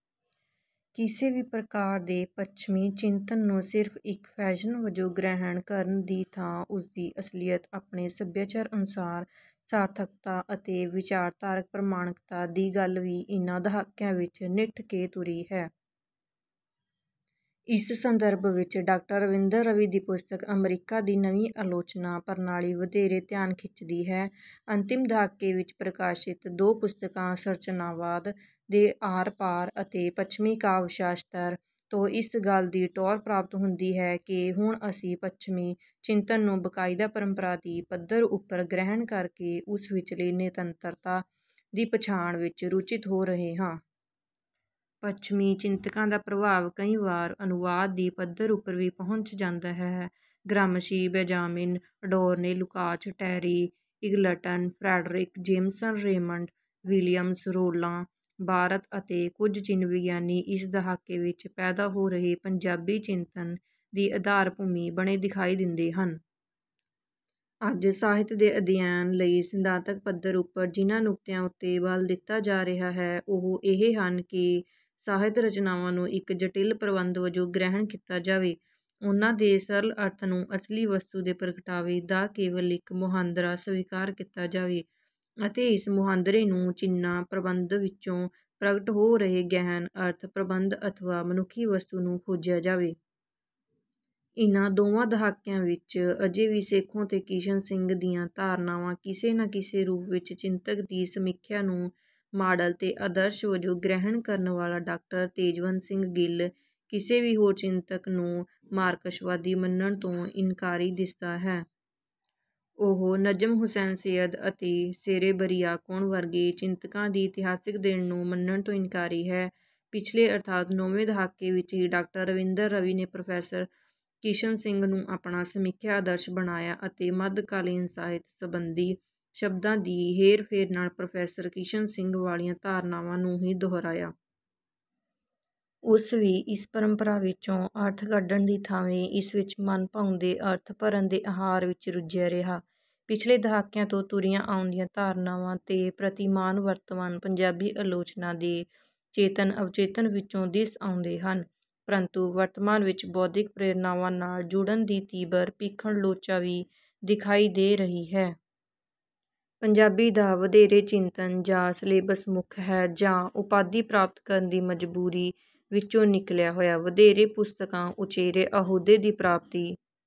ਕਿਸੇ ਵੀ ਪ੍ਰਕਾਰ ਦੇ ਪੱਛਮੀ ਚਿੰਤਨ ਨੂੰ ਸਿਰਫ ਇੱਕ ਫੈਸਨ ਵਜੋਂ ਗ੍ਰਹਿਣ ਕਰਨ ਦੀ ਥਾਂ ਉਸਦੀ ਅਸਲੀਅਤ ਆਪਣੇ ਸਭਿਆਚਾਰ ਅਨੁਸਾਰ ਸਾਰਥਕਤਾ ਅਤੇ ਵਿਚਾਰਧਾਰਕ ਪ੍ਰਮਾਣਕਤਾ ਦੀ ਗੱਲ ਵੀ ਇਨ੍ਹਾਂ ਦਹਾਕਿਆਂ ਵਿੱਚ ਨਿੱਠ ਕੇ ਤੁਰੀ ਹੈ। ਇਸ ਸੰਦਰਭ ਵਿੱਚ ਡਾਕਟਰ ਰਵਿੰਦਰ ਰਵੀ ਦੀ ਪੁਸਤਕ ਅਮਰੀਕਾ ਦੀ ਨਵੀਂ ਆਲੋਚਨਾ ਪ੍ਰਣਾਲੀ ਵਧੇਰੇ ਧਿਆਨ ਖਿੱਚਦੀ ਹੈ। ਅੰਤਿਮ ਦਹਾਕੇ ਵਿੱਚ ਪ੍ਰਕਾਸ਼ਿਤ ਦੋ ਪੁਸਤਕਾਂ ਸੰਰਚਨਾਵਾਦ ਦੇ ਆਰ ਪਾਰ ਅਤੇ ਪੱਛਮੀ ਕਾਵਿ ਸ਼ਾਸਤਰ ਤੋਂ ਇਸ ਗੱਲ ਦੀ ਟੋਰ ਪ੍ਰਾਪਤ ਹੁੰਦੀ ਹੈ ਕਿ ਹੁਣ ਅਸੀਂ ਪੱਛਮੀ ਚਿੰਤਨ ਨੂੰ ਬਕਾਇਦਾ ਪਰੰਪਰਾ ਦੀ ਪੱਧਰ ਉੱਪਰ ਗ੍ਰਹਿਣ ਕਰਕੇ ਉਸ ਵਿੱਚਲੀ ਨਿਰੰਤਰਤਾ ਦੀ ਪਛਾਣ ਵਿੱਚ ਰੁਚਿਤ ਹੋ ਰਹੇ ਹਾਂ। ਪੱਛਮੀ ਚਿੰਤਕਾਂ ਦਾ ਪ੍ਰਭਾਵ ਕਈ ਵਾਰ ਅਨੁਵਾਦ ਦੀ ਪੱਧਰ ਉੱਪਰ ਵੀ ਪਹੁੰਚ ਜਾਂਦਾ ਹੈ। Gramsci Benjamin Adorno Lukacs Terry Eagleton Fredric Jameson Raymond Williams Roland Barthes ਅਤੇ ਕੁਝ ਚਿੰਨ੍ਹ ਵਿਗਿਆਨੀ ਇਸ ਦਹਾਕੇ ਵਿੱਚ ਪੈਦਾ ਹੋ ਰਹੇ ਪੰਜਾਬੀ ਚਿੰਤਨ ਦੀ ਆਧਾਰ ਭੂਮੀ ਬਣੇ ਦਿਖਾਈ ਦਿੰਦੇ ਹਨ। ਅੱਜ ਸਾਹਿਤ ਦੇ ਅਧਿਐਨ ਲਈ ਸਿਧਾਂਤਕ ਪੱਧਰ ਉੱਪਰ ਜਿਨ੍ਹਾਂ ਨੁਕਤਿਆਂ ਉੱਤੇ ਬਲ ਦਿੱਤਾ ਜਾ ਰਿਹਾ ਹੈ ਉਹ ਇਹ ਹਨ ਕਿ ਸਾਹਿਤ ਰਚਨਾਵਾਂ ਨੂੰ ਇੱਕ ਜਟਿਲ ਪ੍ਰਬੰਧ ਵਜੋਂ ਗ੍ਰਹਿਣ ਕੀਤਾ ਜਾਵੇ ਉਨ੍ਹਾਂ ਦੇ ਸਰਲ ਅਰਥ ਨੂੰ ਅਸਲੀ ਵਸਤੂ ਦੇ ਪ੍ਰਗਟਾਵੇ ਦਾ ਕੇਵਲ ਇੱਕ ਮੁਹਾਂਦਰਾ ਸਵੀਕਾਰ ਕੀਤਾ ਜਾਵੇ ਅਤੇ ਇਸ ਮੁਹਾਂਦਰੇ ਨੂੰ ਚਿੰਨ੍ਹਾਂ ਪ੍ਰਬੰਧ ਵਿੱਚੋਂ ਪ੍ਰਗਟ ਹੋ ਰਹੇ ਗਹਿਨ ਅਰਥ ਪ੍ਰਬੰਧ ਅਥਵਾ ਮਨੁੱਖੀ ਵਸਤੂ ਨੂੰ ਖੋਜਿਆ ਜਾਵੇ। ਇਨ੍ਹਾਂ ਦੋਵਾਂ ਦਹਾਕਿਆਂ ਵਿੱਚ ਅਜੇ ਵੀ ਸੇਖੋਂ ਤੇ ਕਿਸ਼ਨ ਸਿੰਘ ਦੀਆਂ ਧਾਰਨਾਵਾਂ ਕਿਸੇ ਨਾ ਕਿਸੇ ਰੂਪ ਵਿੱਚ ਚਿੰਤਕ ਦੀ ਸਮੀਖਿਆ ਨੂੰ ਮਾਡਲ ਤੇ ਆਦਰਸ਼ ਵਜੋਂ ਗ੍ਰਹਿਣ ਕਰਨ ਵਾਲਾ ਡਾਕਟਰ ਤੇਜਵੰਤ ਸਿੰਘ ਗਿੱਲ ਕਿਸੇ ਵੀ ਹੋਰ ਚਿੰਤਕ ਨੂੰ ਮਾਰਕਸਵਾਦੀ ਮੰਨਣ ਤੋਂ ਇਨਕਾਰੀ ਦਿੱਸਦਾ ਹੈ। ਉਹ ਨਜ਼ਮ ਹੁਸੈਨ ਸੱਯਦ ਅਤੇ ਸੇਰੇਬਰੀਆਕੋਣ ਵਰਗੇ ਚਿੰਤਕਾਂ ਦੀ ਇਤਿਹਾਸਕ ਦੇਣ ਨੂੰ ਮੰਨਣ ਤੋਂ ਇਨਕਾਰੀ ਹੈ। ਪਿਛਲੇ ਅਰਥਾਤ ਨੌਵੇਂ ਦਹਾਕੇ ਵਿੱਚ ਹੀ ਡਾਕਟਰ ਰਵਿੰਦਰ ਰਵੀ ਨੇ ਪ੍ਰੋਫੈਸਰ ਕਿਸ਼ਨ ਸਿੰਘ ਨੂੰ ਆਪਣਾ ਸਮੀਖਿਆ ਆਦਰਸ਼ ਬਣਾਇਆ ਅਤੇ ਮੱਧਕਾਲੀਨ ਸਾਹਿਤ ਸੰਬੰਧੀ ਸ਼ਬਦਾਂ ਦੀ ਹੇਰ ਫੇਰ ਨਾਲ ਪ੍ਰੋਫੈਸਰ ਕਿਸ਼ਨ ਸਿੰਘ ਵਾਲੀਆਂ ਧਾਰਨਾਵਾਂ ਨੂੰ ਹੀ ਦੁਹਰਾਇਆ। ਉਸ ਵੀ ਇਸ ਪਰੰਪਰਾ ਵਿੱਚੋਂ ਅਰਥ ਕੱਢਣ ਦੀ ਥਾਵੇਂ ਇਸ ਵਿੱਚ ਮਨਭਾਉਂਦੇ ਅਰਥ ਭਰਣ ਦੇ ਆਹਾਰ ਵਿੱਚ ਰੁੱਝਿਆ ਰਿਹਾ। ਪਿਛਲੇ ਦਹਾਕਿਆਂ ਤੋਂ ਤੁਰੀਆਂ ਆਉਂਦੀਆਂ ਧਾਰਨਾਵਾਂ ਤੇ ਪ੍ਰਤੀਮਾਨ ਵਰਤਮਾਨ ਪੰਜਾਬੀ ਆਲੋਚਨਾ ਦੇ ਚੇਤਨ ਅਵਚੇਤਨ ਵਿੱਚੋਂ ਦਿੱਸ ਆਉਂਦੇ ਹਨ ਪਰੰਤੂ ਵਰਤਮਾਨ ਵਿੱਚ ਬੌਧਿਕ ਪ੍ਰੇਰਨਾਵਾਂ ਨਾਲ ਜੁੜਨ ਦੀ ਤੀਬਰ ਭੀਖਣ ਲੋਚਾ ਵੀ ਦਿਖਾਈ ਦੇ ਰਹੀ ਹੈ। ਪੰਜਾਬੀ ਦਾ ਵਧੇਰੇ ਚਿੰਤਨ ਜਾਂ ਸਲੇਬਸ ਮੁੱਖ ਹੈ ਜਾਂ ਉਪਾਧੀ ਪ੍ਰਾਪਤ ਕਰਨ ਦੀ ਮਜ਼ਬੂਰੀ ਵਿੱਚੋਂ ਨਿਕਲਿਆ ਹੋਇਆ। ਵਧੇਰੇ ਪੁਸਤਕਾਂ ਉਚੇਰੇ ਅਹੁਦੇ ਦੀ ਪ੍ਰਾਪਤੀ